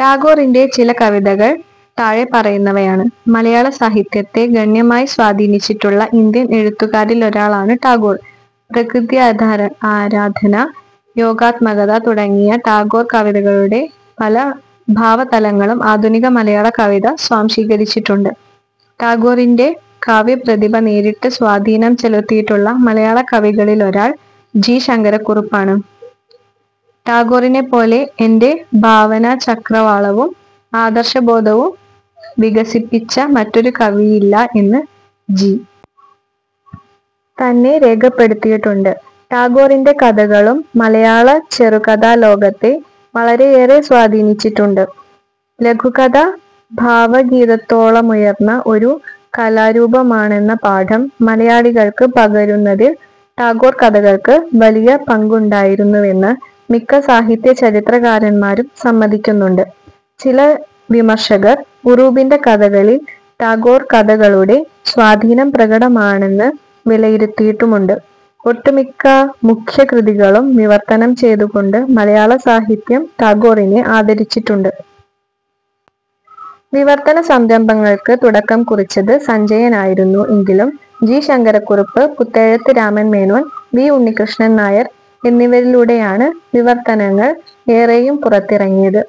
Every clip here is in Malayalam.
ടാഗോറിൻ്റെ ചില കവിതകൾ താഴെ പറയുന്നവയാണ്. മലയാള സാഹിത്യത്തെ ഗണ്യമായി സ്വാധീനിച്ചിട്ടുള്ള ഇന്ത്യൻ എഴുത്തുകാരിലൊരാളാണ് ടാഗോർ. പ്രകൃത്യാരാധന, യോഗാത്മകത തുടങ്ങിയ ടാഗോർ കവിതകളുടെ പല ഭാവതലങ്ങളും ആധുനിക മലയാള കവിത സ്വാംശീകരിച്ചിട്ടുണ്ട്. ടാഗോറിൻ്റെ കാവ്യപ്രതിഭ നേരിട്ട് സ്വാധീനം ചെലുത്തിയിട്ടുള്ള മലയാള കവികളിലൊരാൾ ജി. ശങ്കരക്കുറുപ്പാണ്. ടാഗോറിനെപ്പോലെ എൻ്റെ ഭാവനാചക്രവാളവും ആദർശബോധവും വികസിപ്പിച്ച മറ്റൊരു കവിയില്ല എന്ന് ജി. തന്നെ രേഖപ്പെടുത്തിയിട്ടുണ്ട്. ടാഗോറിൻ്റെ കഥകളും മലയാള ചെറുകഥാലോകത്തെ വളരെയേറെ സ്വാധീനിച്ചിട്ടുണ്ട്. ലഘുകഥ ഭാവഗീതത്തോളമുയർന്ന ഒരു കലാരൂപമാണെന്ന പാഠം മലയാളികൾക്ക് പകരുന്നതിൽ ടാഗോർ കഥകൾക്ക് വലിയ പങ്കുണ്ടായിരുന്നുവെന്ന് മിക്ക സാഹിത്യചരിത്രകാരന്മാരും സമ്മതിക്കുന്നുണ്ട്. ചില വിമർശകർ ഉറൂബിൻ്റെ കഥകളിൽ ടാഗോർ കഥകളുടെ സ്വാധീനം പ്രകടമാണെന്ന് വിലയിരുത്തിയിട്ടുമുണ്ട്. ഒട്ടുമിക്ക മുഖ്യകൃതികളും വിവർത്തനം ചെയ്തുകൊണ്ട് മലയാള സാഹിത്യം ടാഗോറിനെ ആദരിച്ചിട്ടുണ്ട്. വിവർത്തന സംരംഭങ്ങൾക്ക് തുടക്കം കുറിച്ചത് സഞ്ജയൻ ആയിരുന്നു. എങ്കിലും ജി. ശങ്കരക്കുറുപ്പ്, പുത്തേഴത്ത് രാമൻ മേനോൻ, വി. ഉണ്ണിക്കൃഷ്ണൻ നായർ എന്നിവരിലൂടെയാണ് വിവർത്തനങ്ങൾ ഏറെയും പുറത്തിറങ്ങിയത്.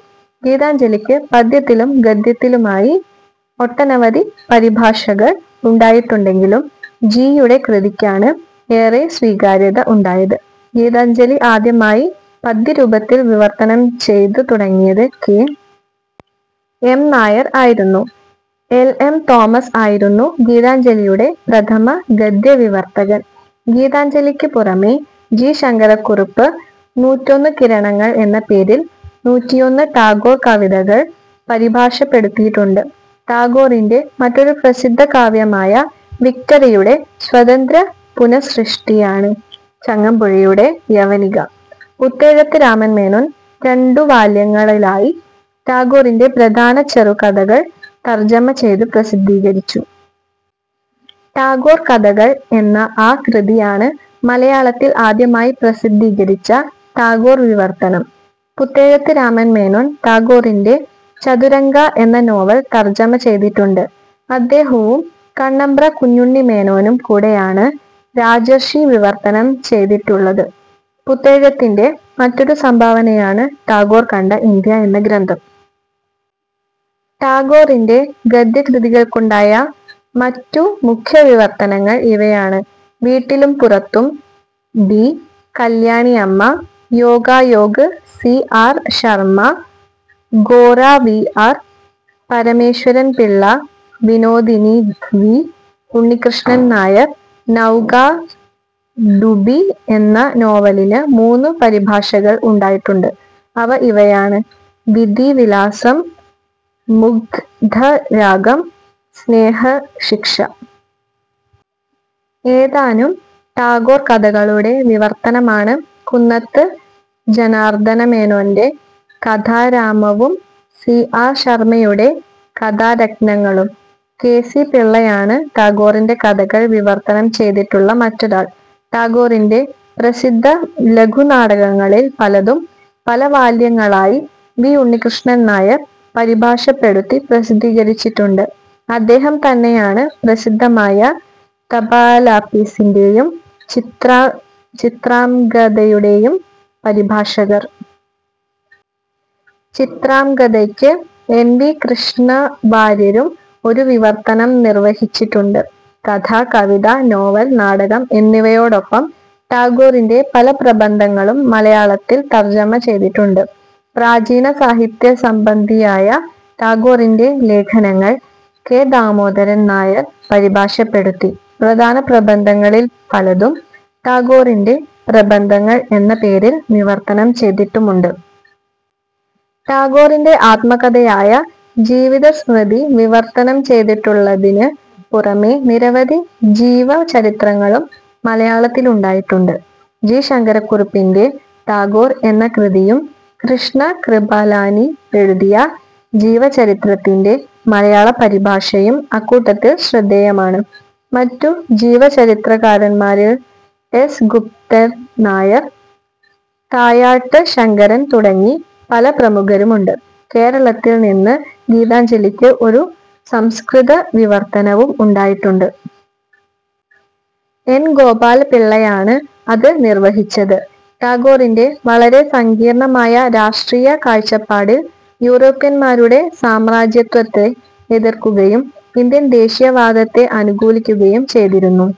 ഗീതാഞ്ജലിക്ക് പദ്യത്തിലും ഗദ്യത്തിലുമായി ഒട്ടനവധി പരിഭാഷകൾ ഉണ്ടായിട്ടുണ്ടെങ്കിലും ജി. യുടെ കൃതിക്കാണ് ഏറെ സ്വീകാര്യത ഉണ്ടായത്. ഗീതാഞ്ജലി ആദ്യമായി പദ്യരൂപത്തിൽ വിവർത്തനം ചെയ്തു തുടങ്ങിയത് കെ..... എം. നായർ ആയിരുന്നു. എൽ. എം. തോമസ് ആയിരുന്നു ഗീതാഞ്ജലിയുടെ പ്രഥമ ഗദ്യവിവർത്തകൻ. ഗീതാഞ്ജലിക്ക് പുറമേ ജി. ശങ്കരക്കുറുപ്പ് നൂറ്റൊന്നു കിരണങ്ങൾ എന്ന പേരിൽ നൂറ്റിയൊന്ന് ടാഗോർ കവിതകൾ പരിഭാഷപ്പെടുത്തിയിട്ടുണ്ട്. ടാഗോറിൻ്റെ മറ്റൊരു പ്രസിദ്ധ കാവ്യമായ വിക്ടറിയുടെ സ്വതന്ത്ര പുനഃസൃഷ്ടിയാണ് ചങ്ങമ്പുഴയുടെ യവനിക. പുത്തേഴത്ത് രാമൻ മേനോൻ രണ്ടു വാല്യങ്ങളിലായി ടാഗോറിൻ്റെ പ്രധാന ചെറുകഥകൾ തർജ്ജമ ചെയ്തു പ്രസിദ്ധീകരിച്ചു. ടാഗോർ കഥകൾ എന്ന ആ കൃതിയാണ് മലയാളത്തിൽ ആദ്യമായി പ്രസിദ്ധീകരിച്ച ടാഗോർ വിവർത്തനം. പുത്തേഴത്ത് രാമൻ മേനോൻ ടാഗോറിൻ്റെ ചതുരംഗ എന്ന നോവൽ തർജ്ജമ ചെയ്തിട്ടുണ്ട്. അദ്ദേഹവും കണ്ണമ്പ്ര കുഞ്ഞുണ്ണിമേനോനും കൂടെയാണ് രാജർഷി വിവർത്തനം ചെയ്തിട്ടുള്ളത്. പുത്തേഴത്തിൻ്റെ മറ്റൊരു സംഭാവനയാണ് ടാഗോർ കണ്ട ഇന്ത്യ എന്ന ഗ്രന്ഥം. ടാഗോറിൻ്റെ ഗദ്യകൃതികൾക്കുണ്ടായ മറ്റു മുഖ്യവിവർത്തനങ്ങൾ ഇവയാണ്, വീട്ടിലും പുറത്തും B. Kalyaniamma, Yogayog C. R. Sharma, Gora V. R. Parameswaran Pillai, Vinodini V. Unnikrishnan Nair. Nauka Dubi എന്ന നോവലിന് മൂന്നു പരിഭാഷകൾ ഉണ്ടായിട്ടുണ്ട്. അവ ഇവയാണ് വിധി വിലാസം, മുഗ്ദ്ധരാഗം, സ്നേഹശിക്ഷ. ഏതാനും ടാഗോർ കഥകളുടെ വിവർത്തനമാണ് കുന്നത്ത് ജനാർദനമേനോൻ്റെ കഥാരാമവും സി. ആർ. ശർമയുടെ കഥാരത്നങ്ങളും. കെ. സി. പിള്ളയാണ് ടാഗോറിൻ്റെ കഥകൾ വിവർത്തനം ചെയ്തിട്ടുള്ള മറ്റൊരാൾ. ടാഗോറിൻ്റെ പ്രസിദ്ധ ലഘുനാടകങ്ങളിൽ പലതും പല വാല്യങ്ങളായി വി. ഉണ്ണിക്കൃഷ്ണൻ നായർ പരിഭാഷപ്പെടുത്തി പ്രസിദ്ധീകരിച്ചിട്ടുണ്ട്. ഇദ്ദേഹം തന്നെയാണ് പ്രസിദ്ധമായ തപാലാപ്പീസിൻ്റെയും ചിത്ര ചിത്രാംഗദയുടെയും പരിഭാഷകൻ. ചിത്രാംഗദയ്ക്ക് എൻ. വി. കൃഷ്ണവാര്യരും ഒരു വിവർത്തനം നിർവഹിച്ചിട്ടുണ്ട്. കഥ, കവിത, നോവൽ, നാടകം എന്നിവയോടൊപ്പം ടാഗോറിൻ്റെ പല പ്രബന്ധങ്ങളും മലയാളത്തിൽ തർജ്ജമ ചെയ്തിട്ടുണ്ട്. പ്രാചീന സാഹിത്യസംബന്ധിയായ ടാഗോറിൻ്റെ ലേഖനങ്ങൾ കെ. ദാമോദരൻ നമ്പ്യാർ പരിഭാഷപ്പെടുത്തി. പ്രധാന പ്രബന്ധങ്ങളിൽ പലതും ടാഗോറിൻ്റെ പ്രബന്ധങ്ങൾ എന്ന പേരിൽ വിവർത്തനം ചെയ്തിട്ടുമുണ്ട്. ടാഗോറിൻ്റെ ആത്മകഥയായ ജീവിതസ്മൃതി വിവർത്തനം ചെയ്തിട്ടുള്ളതിന് പുറമേ നിരവധി ജീവചരിത്രങ്ങളും മലയാളത്തിലുണ്ടായിട്ടുണ്ട്. ജി. ശങ്കരക്കുറുപ്പിൻ്റെ ടാഗോർ എന്ന കൃതിയും കൃഷ്ണ കൃപാലാനി എഴുതിയ ജീവചരിത്രത്തിൻ്റെ മലയാള പരിഭാഷയും അക്കൂട്ടത്തിൽ ശ്രദ്ധേയമാണ്. മറ്റു ജീവചരിത്രകാരന്മാരിൽ എസ്. ഗുപ്തൻ നായർ, തായാട്ട് ശങ്കരൻ തുടങ്ങി പല പ്രമുഖരുമുണ്ട്. കേരളത്തിൽ നിന്ന് ഗീതാഞ്ജലിക്ക് ഒരു സംസ്കൃത വിവർത്തനവും ഉണ്ടായിട്ടുണ്ട്. എൻ. ഗോപാലപിള്ളയാണ് അത് നിർവഹിച്ചത്. ടാഗോറിൻ്റെ വളരെ സങ്കീർണ്ണമായ രാഷ്ട്രീയ കാഴ്ചപ്പാടിൽ യൂറോപ്യന്മാരുടെ സാമ്രാജ്യത്വത്തെ എതിർക്കുകയും ഇന്ത്യൻ ദേശീയവാദത്തെ അനുകൂലിക്കുകയും ചെയ്തിരുന്നു.